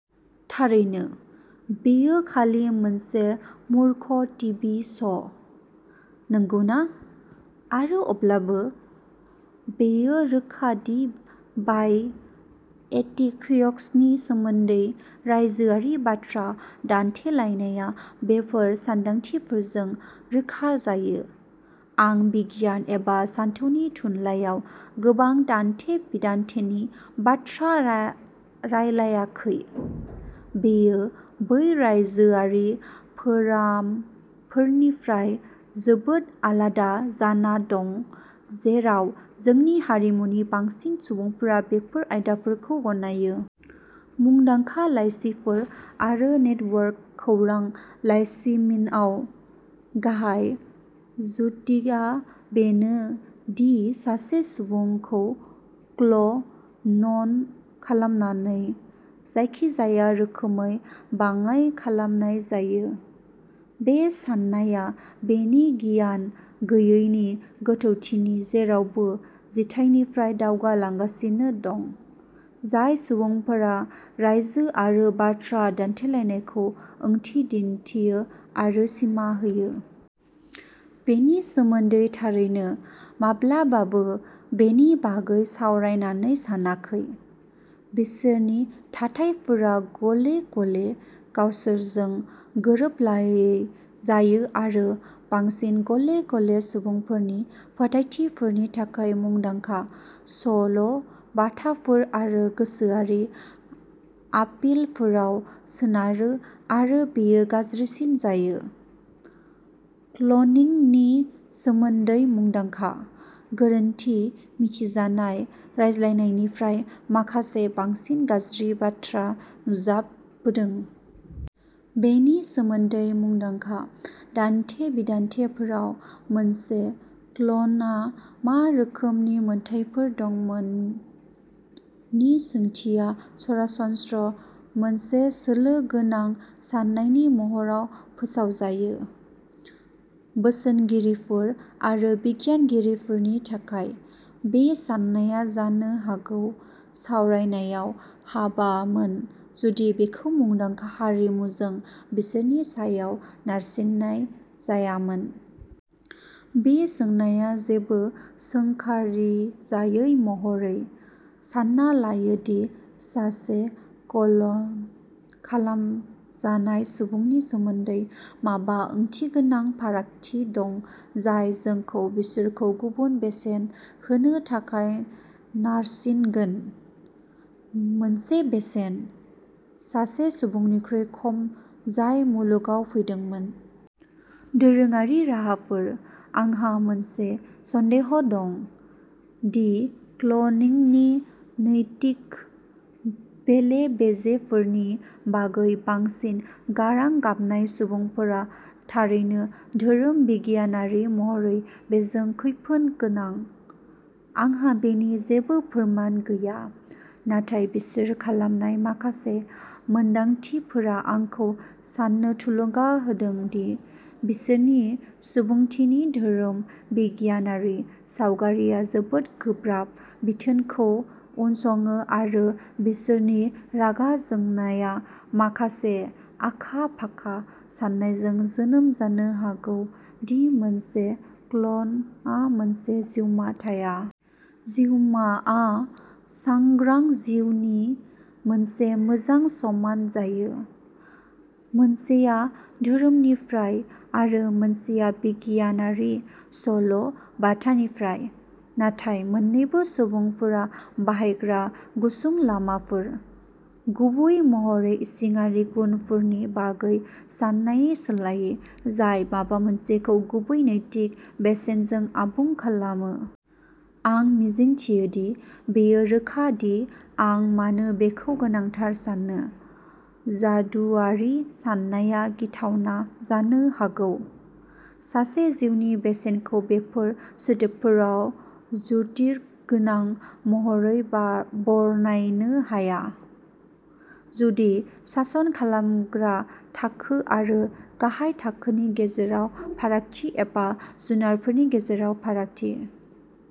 थारैनो, बेयो खालि मोनसे मूर्ख टिभि श'। नंगौना? आरो अब्लाबो, बेयो रोखा दि बाय' एथिक्सनि सोमोन्दै रायजोआरि बाथ्रा दान्थेलायनाया बेफोर सानदांथिफोरजों रोखा जायो। आं बिगियान एबा सानथौनि थुनलाइयाव गोबां दान्थे-बिदान्थेनि बाथ्रा रायलायाखै। बेयो बै रायजोआरि फोरमफोरनिफ्राय जोबोद आलादा जाना दं जेराव जोंनि हारिमुनि बांसिन सुबुंफोरा बेफोर आयदाफोरखौ गनायो। मुंदांखा लाइसिफोर आरो नेटवर्क खौरां लाइसिमिनआव, गाहाय जुक्तिआ बेनो दि सासे सुबुंखौ क्ल'न खालामनानै जायखिजाया रोखोमै बाङाइ खालामनाय जायो। बे साननाया बेनि गियान गैयैनि गोथौथिनि गेजेरावबो जिथाइनिफ्राय दावगालांगासिनो दं। जाय सुबुंफोरा रायजोआरि बाथ्रा दान्थेलायनायखौ ओंथि दिन्थियो आरो सिमा होयो। बेनि सोमोन्दै थारैनो माब्लाबाबो बेनि बागै सावरायनानै सानाखै। बिसोरनि थाथाइफोरा गले-गले गावसोरजों गोरोबलायै जायो आरो बांसिन गले-गले सुबुंफोरनि फोथायथिफोरनि थाखाय मुंदांखा सल' बाथाफोर आरो गोसोआरि आपिलफोराव सोनारो आरो बेयो गाज्रिसिन जायो। क्ल'निंनि सोमोन्दै मुंदांखा, गोरोन्थि मिथिजानाय रायज्लायनायनिफ्राय माखासे बांसिन गाज्रि बाथ्रा नुजाबोदों। बेनि सोमोन्दै मुंदांखा दान्थे-बिदान्थेफोराव मोनसे क्ल'नआ मा रोखोमनि मोनथायफोर दंमोन नि सोंथिया सरासनस्रा मोनसे सोलो गोनां साननायनि महराव फोसावजायो। बोसोनगिरिफोर आरो बिगियानगिरिफोरनि थाखाय, बे साननाया जानो हागौ सावरायनायाव हाबामोन जुदि बेखौ मुंदांखा हारिमुजों बिसोरनि सायाव नारसिन्नाय जायामोन। बे सोंनाया जेबो सोंखारिजायै महरै, सान्ना लायो दि सासे क्ल'न खालामजानाय सुबुंनि सोमोन्दै माबा ओंथिगोनां फारागथि दं जाय जोंखौ बिसोरखौ गुबुन बेसेन होनो थाखाय नारसिनगोन। मोनसे बेसेन, सासे सुबुंनिख्रुइ खम जाय मुलुगाव फैदोंमोन। दोरोङारि राहाफोर। आंहा मोनसे सन्देह दं, दि क्लनिंनि नैतिक बेले-बेजेफोरनि बागै बांसिन गारां गाबनाय सुबुंफोरा थारैनो धोरोम बिगियानारि महरै बेजों खैफोद गोनां। आंहा बेनि जेबो फोरमान गैया। नाथाय बिसोर खालामनाय माखासे मोनदांथिफोरा आंखौ साननो थुलुंगा होदों दि बिसोरनि सुबुंथि नि धोरोम बिगियानारि सावगारिआ जोबोद गोब्राब बिथोनखौ उनसङो आरो बिसोरनि रागा जोंनाया माखासे आखा-फाखा साननायजों जोनोम जानो हागौ दि मोनसे क्ल'नआ मोनसे जिउमा थाया। जिउमा आ सांग्रां जिउ नि मोनसे मोजां समान जायो। मोनसेया धोरोमनिफ्राय आरो मोनसेया बिगियानारि सल' बाथानिफ्राय, नाथाय मोन्नैबो सुबुंफोरा बाहायग्रा गुसुं लामाफोर, गुबै महरै इसिङारि गुनफोरनि बागै साननायनि सोलायै जाय माबा मोनसेखौ गुबै नैतिक बेसेनजों आबुं खालामो। आं मिजिंथियो दि बेयो रोखा दि आं मानो बेखौ गोनांथार सानो। जादुआरि साननाया गिथावना जानो हागौ। सासे जिउनि बेसेनखौ बेफोर सोदोबफोराव जुक्तिगोनां महरै बरनायनो हाया। जुदि सासन खालामग्रा थाखो आरो गाहाय थाखोनि गेजेराव फारागथि एबा जुनारफोरनि गेजेराव फारागथि।